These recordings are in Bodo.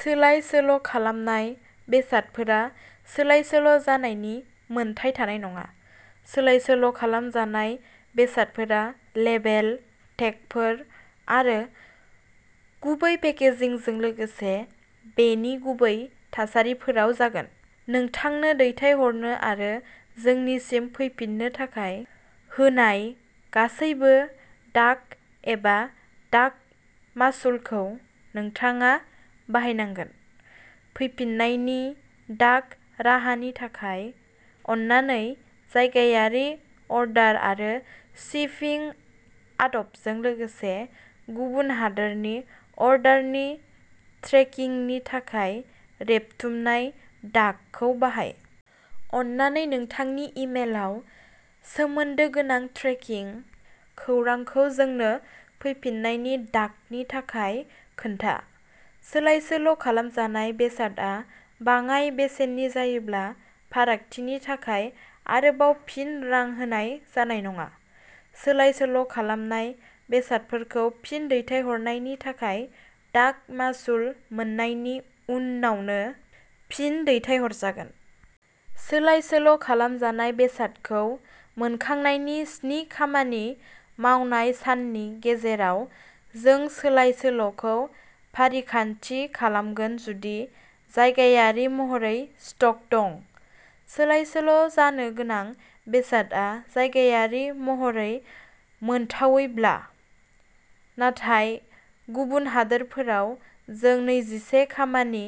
सोलाय-सोल'खालामनाय बेसादफोरा सोलाय-सोल'जानायनि मोनथाय थानाय नङा। सोलाय-सोल'खालामजानाय बेसादफोरा लेबेल/टेगफोर आरो गुबै पेकेजिंजों लोगोसे बेनि गुबै थासारिफोराव जागोन। नोंथांनो दैथायहरनो आरो जोंनिसिम फैफिननो थाखाय होनाय गासैबो डाक एबा डाक मासुलखौ नोंथाङा बाहायनांगोन। फैफिन्नायनि डाक राहानि थाखाय, अन्नानै जायगायारि अर्डार आरो शिपिं आदबजों लोगोसे गुबुन हादोरनि अर्डारनि ट्रेकिंनि थाखाय रेबथुमनाय डाकखौ बाहाय। अन्नानै नोंथांनि इमेलआव सोमोन्दो गोनां ट्रेकिं खौरांखौ जोंनो फैफिन्नायनि डाकनि थाखाय खोन्था। सोलाय-सोल'खालामजानाय बेसादआ बाङाय बेसेननि जायोब्ला, फारागथिनि थाखाय आरोबाव फिन-रां होनाय जानाय नङा। सोलाय-सोल'खालामनाय बेसादफोरखौ फिन-दैथायहरनायनि थाखाय डाक मासुल मोन्नायनि उनावनो फिन-दैथायहरजागोन। सोलाय-सोल'खालामजानाय बेसादखौ मोनखांनायनि सिन्नि खामानि मावनाय साननि गेजेराव जों सोलाय-सोल'खौ फारिखान्थि खालामगोन जुदि जायगायारि महरै स्टक दं। सोलाय-सोल'जानो गोनां बेसादआ जायगायारि महरै मोनथावैब्ला। नाथाय गुबुन हादोरफोराव, जों नैजिसे खामानि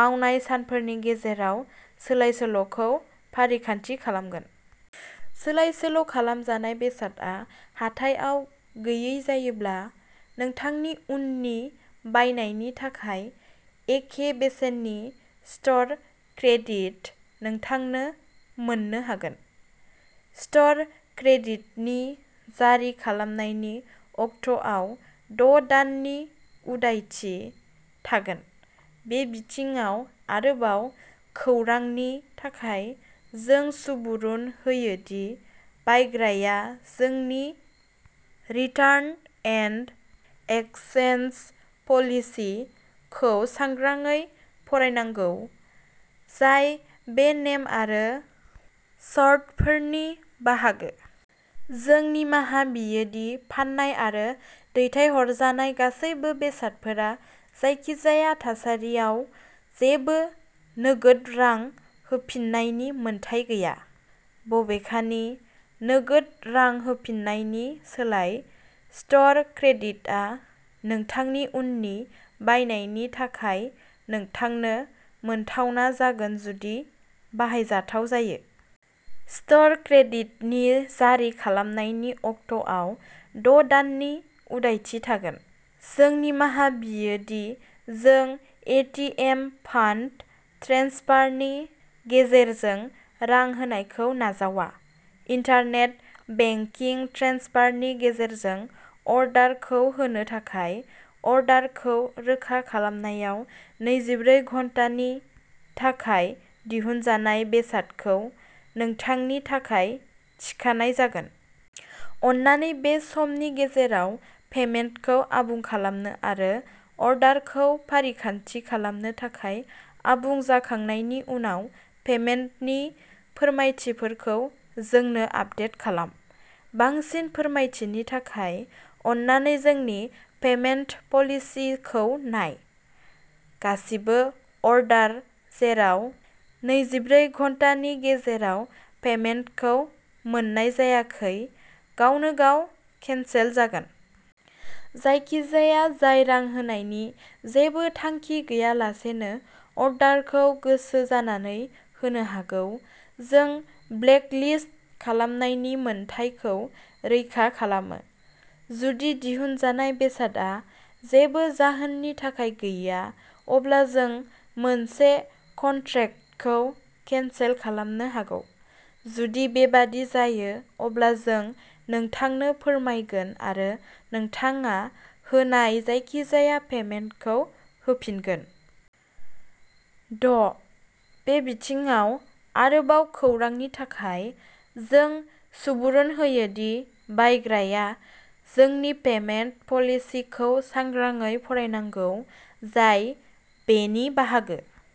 मावनाय सानफोरनि गेजेराव सोलाय-सोल'खौ फारिखान्थि खालामगोन। सोलाय-सोल'खालामजानाय बेसादआ हाथाइआव गैयै जायोब्ला, नोंथांनि उननि बायनायनि थाखाय एखे बेसेननि स्ट'र क्रेडिट नोंथांनो मोन्नो हागोन। स्ट'र क्रेडिटनि जारि खालामनायनि अक्ट'आव द दाननि उदायथि थागोन। बे बिथिङाव आरोबाव खौरांनि थाखाय, जों सुबुरुन होयो दि बायग्राया जोंनि "रिटार्न एन्ड एक्सचेन्ज पलिसि" खौ सांग्राङै फरायनांगौ, जाय बे नेम आरो सर्तफोरनि बाहागो। जों निमाहा बियो दि फान्नाय आरो दैथायहरजानाय गासैबो बेसादफोरा जायखिजाया थासारियाव जेबो नोगोद रां होफिन्नायनि मोनथाय गैया। बबेखानि, नोगोद रां होफिन्नायनि सोलाय, स्ट'र क्रेडिटआ नोंथांनि उननि बायनायनि थाखाय नोंथांनो मोनथावना जागोन जुदि बाहायजाथाव जायो। स्ट'र क्रेडिटनि जारि खालामनायनि अक्ट'आव द दाननि उदायथि थागोन। जों निमाहा बियो दि जों ए. टि. एम. फान्ड ट्रेन्सफारनि गेजेरजों रां होनायखौ नाजावा। इन्टारनेट बेंकिं ट्रेन्सफारनि गेजेरजों अर्डारखौ होनो थाखाय, अर्डारखौ रोखा खालामनायाव नैजिब्रै घन्टानि थाखाय दिहुनजानाय बेसादखौ नोंथांनि थाखाय थिखानाय जागोन। अन्नानै बे समनि गेजेराव पेमेन्टखौ आबुं खालामनो आरो अर्डारखौ फारिखान्थि खालामनो थाखाय आबुं जाखांनायनि उनाव पेमेन्टनि फोरमायथिफोरखौ जोंनो आपडेट खालाम। बांसिन फोरमायथिनि थाखाय, अन्नानै जोंनि "पेमेन्ट पलिसि" खौ नाय। गासिबो अर्डार जेराव नैजिब्रै घन्टानि गेजेराव पेमेन्टखौ मोन्नाय जायाखै, गावनो गाव केन्सेल जागोन। जायखिजाया जाय रां होनायनि जेबो थांखि गैयालासेनो अर्डारखौ गोसो जानानै होनो हागौ, जों ब्लेकलिस्ट खालामनायनि मोन्थाइखौ रैखा खालामो। जुदि दिहुनजानाय बेसादआ जेबो जाहोननि थाखाय गैया, अब्ला जों मोनसे कन्ट्रेक्टखौ केन्सेल खालामनो हागौ। जुदि बेबादि जायो, अब्ला जों नोंथांनो फोरमायगोन आरो नोंथाङा होनाय जायखिजाया पेमेन्टखौ होफिनगोन। द. बे बिथिङाव आरोबाव खौरांनि थाखाय, जों सुबुरुन होयो दि बायग्राया जोंनि "पेमेन्ट पलिसि" खौ सांग्राङै फरायनांगौ, जाय बेनि बाहागो।